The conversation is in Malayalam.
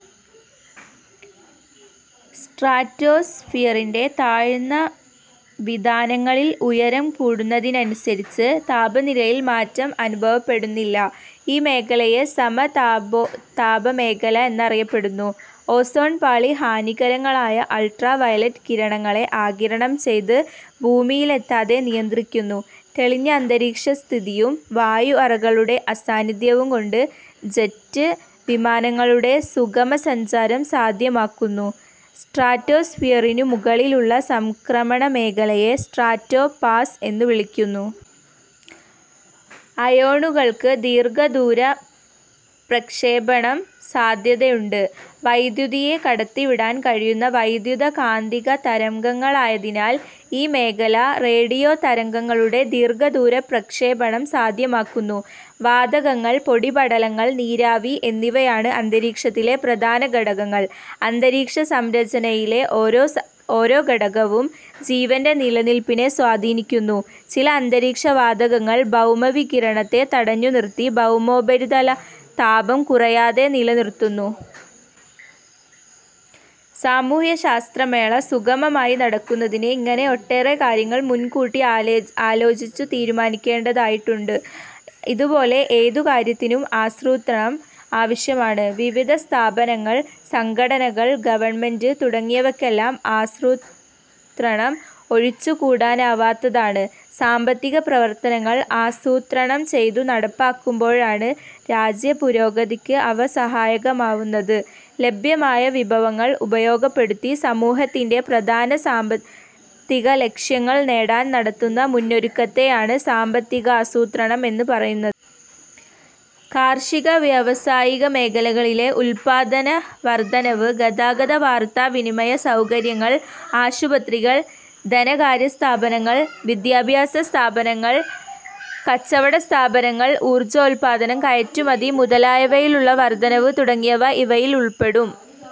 സ്ട്രാറ്റോസ്ഫിയറിന്റെ താഴ്ന്ന വിതാനങ്ങളിൽ ഉയരം കൂടുന്നതിനനുസരിച്ച് താപനിലയിൽ മാറ്റം അനുഭവപ്പെടുന്നില്ല. ഈ മേഖലയെ സമതാപമേഖല എന്നറിയപ്പെടുന്നു. ഓസോൺ പാളി ഹാനികരങ്ങളായ അൾട്രാവയലറ്റ് കിരണങ്ങളെ ആഗിരണം ചെയ്ത് ഭൂമിയിലെത്താതെ നിയന്ത്രിക്കുന്നു. തെളിഞ്ഞ അന്തരീക്ഷസ്ഥിതിയും വായു അറകളുടെ അസാന്നിധ്യവുകൊണ്ട് ജറ്റ് വിമാനങ്ങളുടെ സുഗമസഞ്ചാരം സാധ്യമാക്കുന്നു. സ്ട്രാറ്റോസ്ഫിയറിനു മുകളിലുള്ള സംക്രമണമേഖലയെ സ്ട്രാറ്റോ പാസ് എന്നു വിളിക്കുന്നു. അയോണുകൾക്ക് ദീർഘദൂര പ്രക്ഷേപണം സാധ്യയുണ്ട്. വൈദ്യുതിയെ കടത്തിവിടാൻ കഴിയുന്ന വൈദ്യുത കാന്തിക തരംഗങ്ങളായതിനാൽ ഈ മേഖല റേഡിയോതരംഗങ്ങളുടെ ദീർഘദൂര പ്രക്ഷേപണം സാധ്യമാക്കുന്നു. വാതകങ്ങൾ, പൊടിപടലങ്ങൾ, നീരാവി എന്നിവയാണ് അന്തരീക്ഷത്തിലെ പ്രധാന ഘടകങ്ങൾ. അന്തരീക്ഷസംരചനയിലെ ഓരോ ഘടകവും ജീവന്റെ നിലനിൽപ്പിനെ സ്വാധീനിക്കുന്നു. ചില അന്തരീക്ഷവാതകങ്ങൾ ഭൗമവികിരണത്തെ തടഞ്ഞു നിർത്തി ഭൗമോപരിതലതാപം കുറയാതെ നിലനിർത്തുന്നു. സാമൂഹ്യശാസ്ത്രമേള സുഗമമായി നടക്കുന്നതിന് ഇങ്ങനെ ഒട്ടേറെ കാര്യങ്ങൾ മുൻകൂട്ടി ആലോചിച്ചു തീരുമാനിക്കേണ്ടതായിട്ടുണ്ട്. ഇതു പോലെ ഏതു കാര്യത്തിനും ആസൂത്രണം ആവശ്യമാണ്. വിവിധ സ്ഥാപനങ്ങൾ, സംഘടനകൾ, ഗവൺമെന്റ് തുടങ്ങിയവയ്ക്കെല്ലാം ആസൂത്രണം ഒഴിച്ചുകൂടാനാവാത്തതാണ്. സാമ്പത്തിക പ്രവർത്തനങ്ങൾ, ആസൂത്രണം ചെയ്തു നടപ്പാക്കുമ്പോഴാണ് രാജ്യപുരോഗതിയ്ക്ക് അവ സഹായകമാവുന്നത്. ലഭ്യമായ വിഭവങ്ങൾ ഉപയോഗപ്പെടുത്തി സമൂഹത്തിന്റെ പ്രധാന സാമ്പത്തികലക്ഷ്യങ്ങൾ നേടാൻ നടത്തുന്ന മുന്നൊരുക്കത്തെ യാണ് സാമ്പത്തികാസൂത്രണം എന്നു പറയുന്നത്. കാർഷിക- വ്യാവസായിക മേഖലകളിലെ ഉല്പാദനവർധനവ്, ഗതാഗത വാർത്താ വിനിമയ സൗകര്യങ്ങൾ, ആശുപത്രികൾ, ധനകാര്യസ്ഥാപനങ്ങൾ, വിദ്യാഭ്യാസ സ്ഥാപനങ്ങൾ, കച്ചവട സ്ഥാപനങ്ങൾ, ഊർജോൽപ്പാദനം, കയറ്റുമതി മുതലായവയിലുള്ള വർധനവ് തുടങ്ങിയവ ഇവയിൽ ഉൾപ്പെടും.